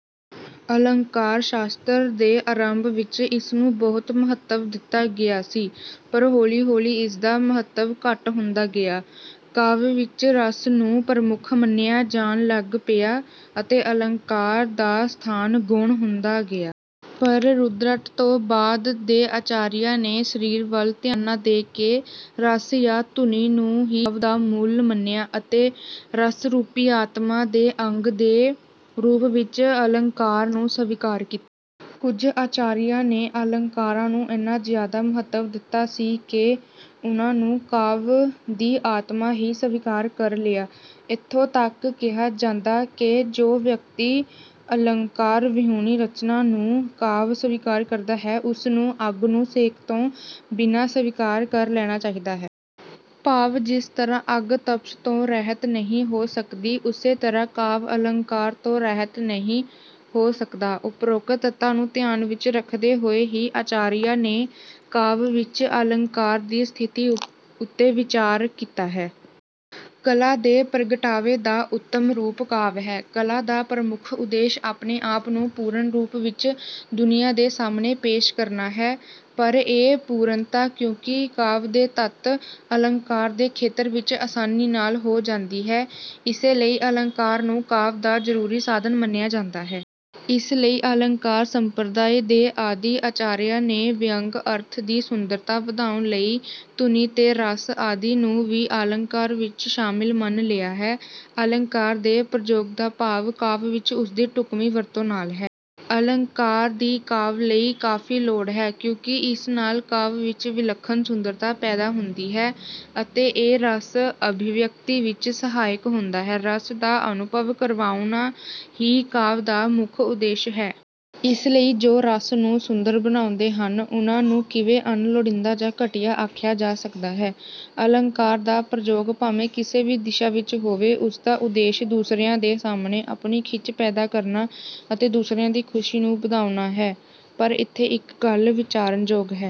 ਅਲੰਕਾਰ-ਸ਼ਾਸਤਰ ਦੇ ਆਰੰਭ ਵਿੱਚ ਇਸਨੂੰ ਬਹੁਤ ਮਹੱਤਵ ਦਿੱਤਾ ਗਿਆ ਸੀ, ਪਰ ਹੌਲੀ-ਹੌਲੀ ਇਸਦਾ ਮਹੱਤਵ ਘੱਟ ਹੁੰਦਾ ਗਿਆ। ਕਾਵਿ ਵਿੱਚ ਰਸ ਨੂੰ ਪ੍ਰਮੁੱਖ ਮੰਨਿਆ ਜਾਣ ਲੱਗ ਪਿਆ ਅਤੇ ਅਲੰਕਾਰ ਦਾ ਸਥਾਨ ਗੌਣ ਹੁੰਦਾ ਗਿਆ। ਪਰ ਰੁਦਰਟ ਤੋਂ ਬਾਅਦ ਦੇ ਆਚਾਰੀਆਂ ਨੇ ਸਰੀਰ ਵੱਲ ਧਿਆਨ ਨਾ ਦੇ ਕੇ, ਰਸ ਯਾ ਧੁਨੀ ਨੂੰ ਹੀ ਕਾਵਿ ਦਾ ਮੂਲ ਮੰਨਿਆ ਅਤੇ ਰਸ ਰੂਪੀ ਆਤਮਾ ਦੇ ਅੰਗ ਦੇ ਰੂਪ ਵਿੱਚ ਅਲੰਕਾਰ ਨੂੰ ਸਵੀਕਾਰ ਕੀਤਾ। ਕੁਝ ਆਚਾਰੀਆਂ ਨੇ ਅਲੰਕਾਰਾਂ ਨੂੰ ਇੰਨਾ ਜ਼ਿਆਦਾ ਮਹੱਤਵ ਦਿੱਤਾ ਸੀ ਕਿ ਉਹਨਾਂ ਨੂੰ ਕਾਵਿ ਦੀ ਆਤਮਾ ਹੀ ਸਵੀਕਾਰ ਕਰ ਲਿਆ। ਇੱਥੋਂ ਤੱਕ ਕਿਹਾ ਕਿ ਜੋ ਵਿਅਕਤੀ ਅਲੰਕਾਰ ਵਿਹੂਣੀ ਰਚਨਾ ਨੂੰ 'ਕਾਵਿ' ਸਵੀਕਾਰ ਕਰਦਾ ਹੈ, ਉਸ ਨੂੰ ਅੱਗ ਨੂੰ ਸੇਕ ਤੋਂ ਬਿਨਾਂ ਸਵੀਕਾਰ ਕਰ ਲੈਣਾ ਚਾਹੀਦਾ ਹੈ। ਭਾਵ ਜਿਸ ਤਰ੍ਹਾਂ ਅੱਗ ਤਪਸ਼ ਤੋਂ ਰਹਿਤ ਨਹੀਂ ਹੋ ਸਕਦੀ, ਉਸੇ ਤਰ੍ਹਾਂ ਕਾਵਿ 'ਅਲੰਕਾਰ' ਤੋਂ ਰਹਿਤ ਨਹੀਂ ਹੋ ਸਕਦਾ। ਉਪਰੋਕਤ ਤੱਥਾਂ ਨੂੰ ਧਿਆਨ ਵਿੱਚ ਰੱਖਦੇ ਹੋਏ ਹੀ ਆਚਾਰੀਆਂ ਨੇ ਕਾਵਿ ਵਿੱਚ ਅਲੰਕਾਰ ਦੀ ਸਥਿਤੀ ਉੱਤੇ ਵਿਚਾਰ ਕੀਤਾ ਹੈ। ਕਲਾ ਦੇ ਪ੍ਰਗਟਾਵੇ ਦਾ ਉੱਤਮ ਰੂਪ 'ਕਾਵਿ' ਹੈ। ਕਲਾ ਦਾ ਪ੍ਰਮੁੱਖ ਉਦੇਸ਼ ਆਪਣੇ ਆਪ ਨੂੰ ਪੂਰਨ ਰੂਪ ਵਿੱਚ ਦੁਨੀਆਂ ਦੇ ਸਾਹਮਣੇ ਪੇਸ਼ ਕਰਨਾ ਹੈ, ਪਰ ਇਹ ਪੂਰਨਤਾ ਕਿਉਂਕਿ ਕਾਵਿ ਦੇ ਤੱਤ 'ਅਲੰਕਾਰ' ਦੇ ਖੇਤਰ ਵਿੱਚ ਆਸਾਨੀ ਨਾਲ ਹੋ ਜਾਂਦੀ ਹੈ, ਇਸੇ ਲਈ ਅਲੰਕਾਰ ਨੂੰ ਕਾਵਿ ਦਾ ਜ਼ਰੂਰੀ ਸਾਧਨ ਮੰਨਿਆ ਜਾਂਦਾ ਹੈ। ਇਸ ਲਈ ਅਲੰਕਾਰ ਸੰਪਰਦਾਇ ਦੇ ਆਦਿ ਆਚਾਰੀਆਂ ਨੇ ਵਿਅੰਗ ਅਰਥ ਦੀ ਸੁੰਦਰਤਾ ਵਧਾਉਣ ਲਈ 'ਧੁਨੀ ਤੇ ਰਸ' ਆਦਿ ਨੂੰ ਵੀ ਅਲੰਕਾਰ ਵਿੱਚ ਸ਼ਾਮਿਲ ਮੰਨ ਲਿਆ ਹੈ। ਅਲੰਕਾਰ ਦੇ ਪ੍ਰਯੋਗ ਦਾ ਭਾਵ ਕਾਵਿ ਵਿੱਚ ਉਸਦੀ ਢੁੱਕਵੀਂ ਵਰਤੋਂ ਨਾਲ ਹੈ। ਅਲੰਕਾਰ ਦੀ ਕਾਵਿ ਲਈ ਕਾਫ਼ੀ ਲੋੜ ਹੈ ਕਿਉਂਕਿ ਇਸ ਨਾਲ ਕਾਵਿ ਵਿੱਚ ਵਿਲੱਖਣ ਸੁੰਦਰਤਾ ਪੈਦਾ ਹੁੰਦੀ ਹੈ ਅਤੇ ਇਹ ਰਸ ਅਭਿਵਿਅਕਤੀ ਵਿੱਚ ਸਹਾਇਕ ਹੁੰਦਾ ਹੈ। ਰਸ ਦਾ ਅਨੁਭਵ ਕਰਵਾਉਣਾ ਹੀ ਕਾਵਿ ਦਾ ਮੁੱਖ ਉਦੇਸ਼ ਹੈ। ਇਸ ਲਈ ਜੋ ਰਸ ਨੂੰ ਸੁੰਦਰ ਬਣਾਉਂਦੇ ਹਨ, ਉਹਨਾਂ ਨੂੰ ਕਿਵੇਂ ਅਣਲੋੜੀਂਦਾ ਜਾਂ ਘਟੀਆ ਆਖਿਆ ਜਾ ਸਕਦਾ ਹੈ। ਅਲੰਕਾਰ ਦਾ ਪ੍ਰਯੋਗ ਭਾਵੇਂ ਕਿਸੇ ਵੀ ਦਿਸ਼ਾ ਵਿੱਚ ਹੋਵੇ, ਉਸਦਾ ਉਦੇਸ਼ ਦੂਸਰਿਆਂ ਦੇ ਸਾਹਮਣੇ ਆਪਣੀ ਖਿੱਚ ਪੈਦਾ ਕਰਨਾ ਅਤੇ ਦੂਸਰਿਆਂ ਦੀ ਖੁਸ਼ੀ ਨੂੰ ਵਧਾਉਣਾ ਹੈ। ਪਰ ਇੱਥੇ ਇੱਕ ਗੱਲ ਵਿਚਾਰਨ ਯੋਗ ਹੈ।